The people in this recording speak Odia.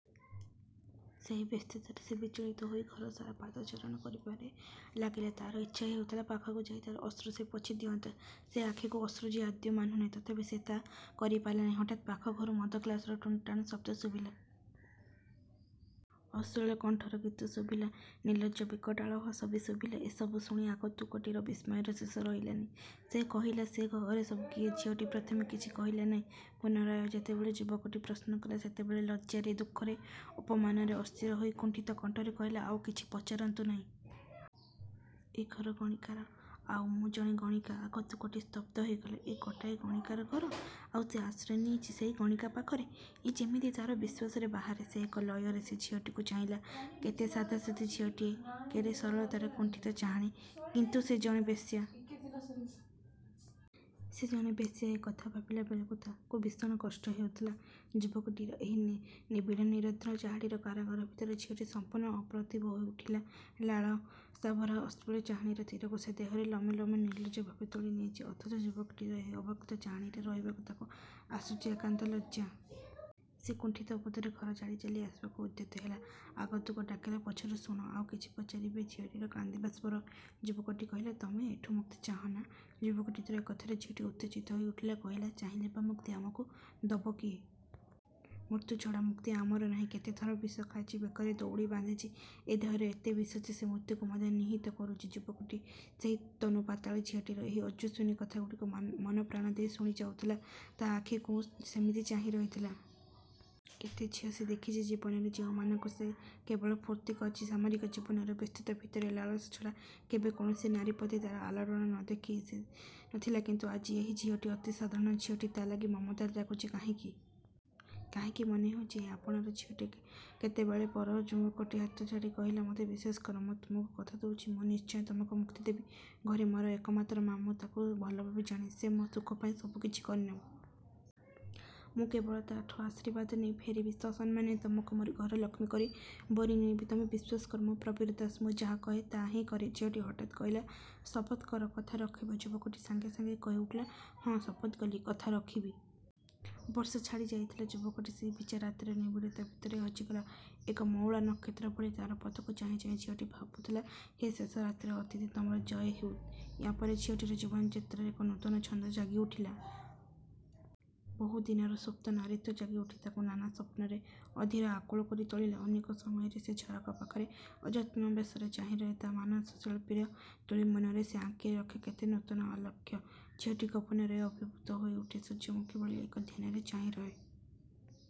ସେଇ ବ୍ୟସ୍ତତାରେ ସେ ବିଚଳିତ ହୋଇ ଘରସାରା ପଦଚାରଣା କରିବାରେ ଲାଗିଲା। ତାର ଇଚ୍ଛା ହେଉଥିଲା ପାଖକୁ ଯାଇ ତାର ଅଶ୍ରୁ ସେ ପୋଛି ଦିଅନ୍ତା। ସେ ଆଖିକୁ ଅଶ୍ରୁ ଯେ ଆଦୌ ମାନୁ ନାହିଁ ତଥାପି ସେ ତା କରିପାରିଲା ନାହିଁ। ହଠାତ୍ ପାଖ ଘରୁ ମଦ ଗ୍ଲାସର ଟୁଣଟାଣ ଶବ୍ଦ ଶୁଭିଲା। ଅଶ୍ଳୀଳ କଣ୍ଠର ଗୀତ ଶୁଭିଲା, ନିଲଜ୍ଜ ବିକଟାଳ ହସ ବି ଶୁଭିଲା ଏ ସବୁ ଶୁଣି ଆଗନ୍ତୁକଟିର ବିସ୍ମୟର ଶେଷ ରହିଲାନି। ସେ କହିଲା, ସେ ଘରେ ସବୁ କିଏ? ଝିଅଟି ପ୍ରଥମେ କିଛି କହିଲା ନାହିଁ, ପୁନରାୟ ଯେତେବେଳେ ଯୁବକଟି ପ୍ରଶ୍ନ କଲା ସେତେବେଳେ ଲଜ୍ଜାରେ, ଦୁଃଖରେ, ଅପମାନରେ ଅସ୍ଥିର ହୋଇ କୁଣ୍ଠିତ କଣ୍ଠରେ କହିଲା, ଆଉ କିଛି ପଚାରନ୍ତୁ ନାହିଁ। ଏ ଘର ଗଣିକାର ଆଉ ମୁଁ ଜଣେ ଗଣିକା। ଆଗନ୍ତୁକଟି ସ୍ତବ୍ଧ ହୋଇଗଲା। ଏ ଗୋଟାଏ ଗଣିକାର ଘର ଆଉ ସେ ଆଶ୍ରୟ ନେଇଚି ସେଇ ଗଣିକା ପାଖରେ? ଏ ଯେମିତି ତାର ବିଶ୍ୱାସରେ ବାହାରେ। ସେ ଏକ ଲୟରେ ସେ ଝିଅଟିକୁ ଚାହିଁଲା କେତେ ସାଧାସିଧା ଝିଅଟିଏ, କେଡ଼େ ସରଳତାର କୁଣ୍ଠିତ ଚାହାଣି କିନ୍ତୁ ସେ ଜଣେ ବେଶ୍ୟା। ସେ ଜଣେ ବେଶ୍ୟା, ଏ କଥା ଭାବିଲା ବେଳକୁ ତାକୁ ଭୀଷଣ କଷ୍ଟ ହେଉଥିଲା। ଯୁବକଟିର ଏହି ନିବିଡ଼ ନିରନ୍ଧ୍ର ଚାହାଣିର କାରଗାର ଭିତରେ ଝିଅଟି ସମ୍ପୂର୍ଣ୍ଣ ଅପ୍ରତିଭ ହୋଇ ଉଠିଲା। ଲାଳସାଭରା ଅଶ୍ଳୀଳ ଚାହାଣିର ତୀରକୁ ସେ ଦେହର ଲୋମେ ଲୋମେ ନିର୍ଲଜ୍ଜଭାବେ ତୋଳି ନେଇଚି ଅଥଚ ଯୁବକଟିର ଏହି ଅବ୍ୟକ୍ତ ଚାହାଣିରେ ରହିବାକୁ ତାକୁ ଆସୁଚି ଏକାନ୍ତ ଲଜ୍ଜା। ସେ କୁଣ୍ଠିତ ପଦରେ ଘରଛାଡ଼ି ଚାଲିଆସିବାକୁ ଉଦ୍ୟତ ହେଲା। ଆଗନ୍ତୁକ ଡାକିଲା ପଛରୁ ଶୁଣ, ଆଉ କିଛି ପଚାରିବେ? ଝିଅଟିର କାନ୍ଦିବା ସ୍ୱର। ଯୁବକଟି କହିଲା ତମେ ଏଠୁ ମୁକ୍ତି ଚାହଁ ନା? ଯୁବକଟିର ଏ କଥାରେ ଝିଅଟି ଉତ୍ତେଜିତ ହୋଇ ଉଠିଲା କହିଲା, ଚାହିଁଲେ ବା ମୁକ୍ତି ଆମକୁ ଦବ କିଏ? ମୃତ୍ୟୁଛଡ଼ା ମୁକ୍ତି ଆମର ନାହିଁ, କେତେ ଥର ବିଷ ଖାଇଚି, ବେକରେ ଦଉଡ଼ି ବାନ୍ଧିଛି। ଏ ଦେହରେ ଏତେ ବିଷ ଯେ ସେ ମୃତ୍ୟୁକୁ ମଧ୍ୟ ନିହତ କରୁଛି। ଯୁବକଟି ସେହି ତନୁପାତଳୀ ଝିଅଟିର ଏହି ଓଜସ୍ୱିନୀ କଥାଗୁଡ଼ିକ ମାନପ୍ରାଣ ଦେଇ ଶୁଣି ଯାଉଥିଲା। ତା ଆଖିକୁ ସେମିତି ଚାହିଁ ରହିଥିଲା। କେତେ ଝିଅ ସେ ଦେଖିଚି ଜୀବନରେ, ଯେଉଁମାନଙ୍କୁ ନେଇ ସେ କେବଳ ଫୁର୍ତ୍ତି କରିଛି। ସାମାରିକ ଜୀବନର ବ୍ୟସ୍ତତା ଭିତରେ, ଲାଳସା ଛଡ଼ା କେବେ କୌଣସି ନାରୀ ପ୍ରତି ତା ର ଆଲୋଡ଼ନ ତ ଦେଖି ନଥିଲା କିନ୍ତୁ ଆଜି ଏଇ ଝିଅଟି, ଅତି ସାଧାରଣ ଝିଅଟି ତା ଲାଗି ମମତା ଜାଗୁଛି କାହିଁକି? କାହିଁକି ମନେ ହେଉଛି ଏ ଆପଣାର ଝିଅଟି। କେତେବେଳ ପରେ ଯୁବକଟି ହାତଛାଡ଼ି କହିଲା, ମତେ ବିଶ୍ୱାସ କର ମୁଁ ତମକୁ କଥା ଦଉଚି, ମୁଁ ନିଶ୍ଚୟ ତମକୁ ମୁକ୍ତି ଦେବି। ଘରେ ମୋର ଏକମାତ୍ର ମାଆ। ମୁଁ ତାକୁ ଭଲଭାବେ ଜାଣେ। ସେ ମୋ ସୁଖ ପାଇଁ ସବୁ କିଛି କରିନେବ। ମୁଁ କେବଳ ତାଠୁ ଆଶୀର୍ବାଦ ନେଇ ଫେରିବି। ସସମ୍ମାନ ତମକୁ ମୋର ଘରଲକ୍ଷ୍ମୀ କରି ବରି ନେବି। ତମେ ବିଶ୍ୱାସ କର, ମୁଁ ପ୍ରବୀର ଦାସ। ମୁଁ ଯାହା କହେ, ତାହା ହିଁ କରେ। ଝିଅଟି ହଠାତ୍ କହିଲା, ଶପଥ କର କଥା ରଖିବ। ଯୁବକଟି ସାଙ୍ଗେ ସାଙ୍ଗେ କହି ଉଠିଲା ହଁ ଶପଥ କଲି, କଥା ରଖିବି। ବର୍ଷା ଛାଡ଼ି ଯାଇଥିଲା। ଯୁବକଟି ସେଇ ଭିଜା ରାତ୍ରିର ନିବିଡ଼ତା ଭିତରେ ହଜିଗଲା ଏକ ମଉଳା ନକ୍ଷତ୍ର ଭଳି। ତାର ପଥକୁ ଚାହିଁ ଚାହିଁ ଝିଅଟି ଭାବୁଥିଲା, ହେ ଶେଷ ରାତ୍ରିର ଅତିଥି ତମର ଜୟ ହେଉ। ୟାପରେ ଝିଅଟିର ଜୀବନଯାତ୍ରାରେ ଏକ ନୂତନ ଛନ୍ଦ ଜାଗି ଉଠିଲା। ବହୁ ଦିନର ସୁପ୍ତ ନାରୀତ୍ଵ ଜାଗି ଉଠି ତାକୁ ନାନା ସ୍ୱପ୍ନରେ, ଅଧୀର, ଆକୁଳ କରି ତୋଳିଲା। ଅନେକ ସମୟରେ ସେ ଝରକା ପାଖରେ, ଅଯତ୍ନ ବେଶରେ ଚାହିଁ ରହେ ତା ମାନସ ଶିଳ୍ପୀର ତୂଳିମୁନରେ, ସେ ଆଙ୍କି ରଖେ କେତେ ନୂତନ ଆଲେଖ୍ୟ। ଝିଅଟି ଗୋପନରେ ଅଭିଭୂତ ହୋଇ ଉଠେ, ସୂର୍ଯ୍ୟମୁଖୀ ଭଳି ଏକ ଧ୍ୟାନରେ ଚାହିଁ ରହେ।